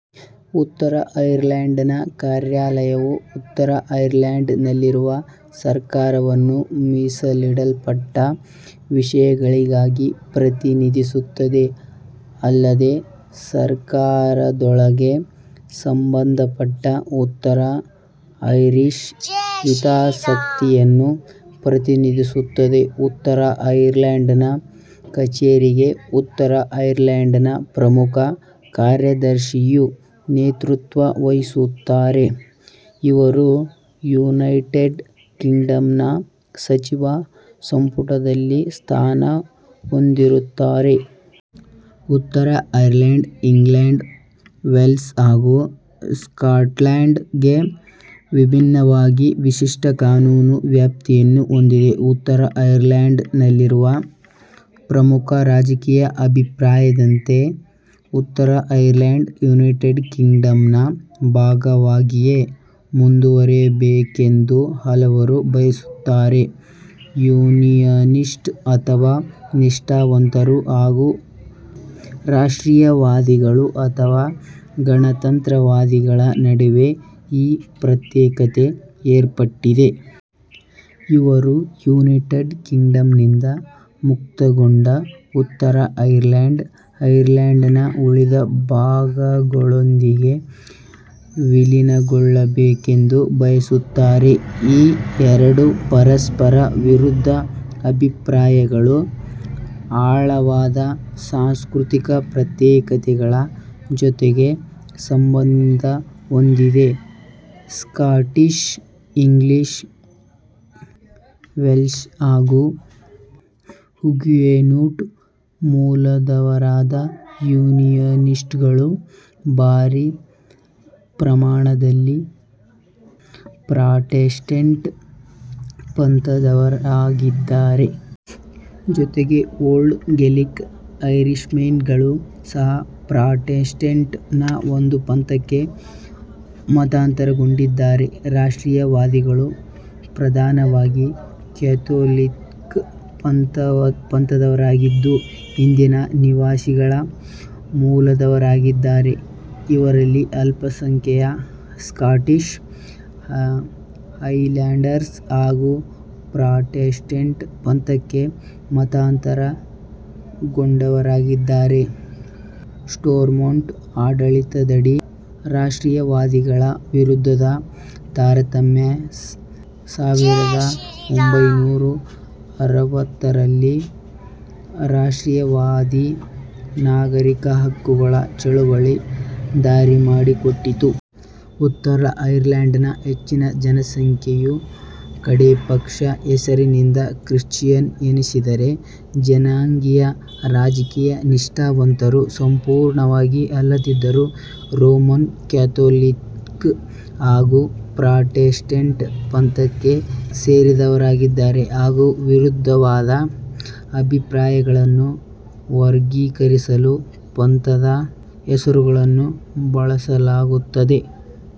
ಉತ್ತರ ಐರ್ಲೆಂಡ್ ನ ಕಾರ್ಯಾಲಯವು ಉತ್ತರ ಐರ್ಲೆಂಡ್ ನಲ್ಲಿರುವ ಸರ್ಕಾರವನ್ನು ಮೀಸಲಿಡಲ್ಪಟ್ಟ ವಿಷಯಗಳಿಗಾಗಿ ಪ್ರತಿನಿಧಿಸುತ್ತದೆ. ಅಲ್ಲದೇ ಸರಕಾರದೊಳಗೆ ಸಂಬಂಧಪಟ್ಟ ಉತ್ತರ ಐರಿಶ್ ಹಿತಾಸಕ್ತಿಯನ್ನು ಪ್ರತಿನಿಧಿಸುತ್ತದೆ. ಉತ್ತರ ಐರ್ಲೆಂಡ್ ನ ಕಛೇರಿಗೆ ಉತ್ತರ ಐರ್ಲೆಂಡ್ ನ ಪ್ರಮುಖ ಕಾರ್ಯದರ್ಶಿಯು ನೇತೃತ್ವ ವಹಿಸುತ್ತಾರೆ, ಇವರು ಯುನೈಟೆಡ್ ಕಿಂಗ್ಡಮ್ ನ ಸಚಿವ ಸಂಪುಟದಲ್ಲಿ ಸ್ಥಾನ ಹೊಂದಿರುತ್ತಾರೆ. ಉತ್ತರ ಐರ್ಲೆಂಡ್, ಇಂಗ್ಲೆಂಡ್, ವೇಲ್ಸ್ ಹಾಗು ಸ್ಕಾಟ್ಲ್ಯಾಂಡ್ ಗೆ ವಿಭಿನ್ನವಾಗಿ ವಿಶಿಷ್ಟ ಕಾನೂನು ವ್ಯಾಪ್ತಿಯನ್ನು ಹೊಂದಿದೆ. ಉತ್ತರ ಐರ್ಲೆಂಡ್ ನಲ್ಲಿರುವ ಪ್ರಮುಖ ರಾಜಕೀಯ ಅಭಿಪ್ರಾಯದಂತೆ, ಉತ್ತರ ಐರ್ಲೆಂಡ್, ಯುನೈಟೆಡ್ ಕಿಂಗ್ಡಮ್ ನ ಭಾಗವಾಗಿಯೇ ಮುಂದುವರೆಯಬೇಕೆಂದು ಹಲವರು ಬಯಸುತ್ತಾರೆ. ಯೂನಿಯನಿಸ್ಟ್ ಅಥವಾ ನಿಷ್ಟಾವಂತರು ಹಾಗು ರಾಷ್ಟ್ರೀಯತಾವಾದಿಗಳು ಅಥವಾ ಗಣತಂತ್ರವಾದಿಗಳ ನಡುವೆ ಈ ಪ್ರತ್ಯೇಕತೆ ಏರ್ಪಟ್ಟಿದೆ. ಇವರು ಯುನೈಟೆಡ್ ಕಿಂಗ್ಡಮ್ ನಿಂದ ಮುಕ್ತಗೊಂಡ ಉತ್ತರ ಐರ್ಲೆಂಡ್, ಐರ್ಲೆಂಡ್ ನ ಉಳಿದ ಭಾಗಗಳೊಂದಿಗೆ ವಿಲೀನಗೊಳ್ಳಬೇಕೆಂದು ಬಯಸುತ್ತಾರೆ. ಈ ಎರಡು ಪರಸ್ಪರ ವಿರುದ್ಧ ಅಭಿಪ್ರಾಯಗಳು ಆಳವಾದ ಸಾಂಸ್ಕೃತಿಕ ಪ್ರತ್ಯೇಕತೆಗಳ ಜೊತೆಗೆ ಸಂಬಂಧ ಹೊಂದಿದೆ. ಸ್ಕಾಟಿಷ್, ಇಂಗ್ಲಿಷ್, ವೆಲ್ಷ್ ಹಾಗು ಹುಗುಯೇನೋಟ್ ಮೂಲದವರಾದ ಯೂನಿಯನಿಸ್ಟ್ ಗಳು ಭಾರಿ ಪ್ರಮಾಣದಲ್ಲಿ ಪ್ರಾಟೆಸ್ಟೆಂಟ್ ಪಂಥದವರಾಗಿದ್ದಾರೆ. ಜೊತೆಗೆ ಓಲ್ಡ್ ಗೇಲಿಕ್ ಐರಿಷ್ಮೆನ್ ಗಳೂ ಸಹ ಪ್ರಾಟೆಸ್ಟೆಂಟ್ ನ ಒಂದು ಪಂಥಕ್ಕೆ ಮತಾಂತರಗೊಂಡಿದ್ದಾರೆ. ರಾಷ್ಟ್ರೀಯತಾವಾದಿಗಳು ಪ್ರಧಾನವಾಗಿ ಕ್ಯಾಥೊಲಿಕ್ ಪಂಥದವರಾಗಿದ್ದು, ಹಿಂದಿನ ನಿವಾಸಿಗಳ ಮೂಲದವರಾಗಿದ್ದಾರೆ. ಇವರಲ್ಲಿ ಅಲ್ಪ ಸಂಖ್ಯೆಯ ಸ್ಕಾಟಿಷ್ ಹೈಲ್ಯಾಂಡರ್ಸ್ ಹಾಗು ಪ್ರಾಟೆಸ್ಟೆಂಟ್ ಪಂಥಕ್ಕೆ ಮತಾಂತರಗೊಂಡವರಾಗಿದ್ದಾರೆ. ಸ್ಟೋರ್ಮೊಂಟ್ ಆಡಳಿತದಡಿ ರಾಷ್ಟ್ರೀಯತಾವಾದಿಗಳ ವಿರುದ್ಧದ ತಾರತಮ್ಯ, ಸಾವಿರದ ಒಂಭೈನೂರ ಅರವತ್ತರಲ್ಲಿ ರಾಷ್ಟ್ರೀಯತಾವಾದಿ ನಾಗರೀಕ ಹಕ್ಕುಗಳ ಚಳವಳಿಗೆ ದಾರಿಮಾಡಿಕೊಟ್ಟಿತು. ಉತ್ತರ ಐರ್ಲೆಂಡ್ ನ ಹೆಚ್ಚಿನ ಜನಸಂಖ್ಯೆಯು ಕಡೆಪಕ್ಷ ಹೆಸರಿನಿಂದ ಕ್ರಿಶ್ಚಿಯನ್ ಎನಿಸಿದೆ. ಜನಾಂಗೀಯ-ರಾಜಕೀಯ ನಿಷ್ಠಾವಂತರು ಸಂಪೂರ್ಣವಾಗಿ ಅಲ್ಲದಿದ್ದರೂ ರೋಮನ್ ಕ್ಯಾಥೊಲಿಕ್ ಹಾಗು ಪ್ರಾಟೆಸ್ಟೆಂಟ್ ಪಂಥಕ್ಕೆ ಸೇರಿದವರಾಗಿದ್ದಾರೆ ಹಾಗು ವಿರುದ್ಧವಾದ ಅಭಿಪ್ರಾಯಗಳನ್ನು ವರ್ಗೀಕರಿಸಲು ಪಂಥದ ಹೆಸರುಗಳನ್ನೂ ಬಳಸಲಾಗುತ್ತದೆ.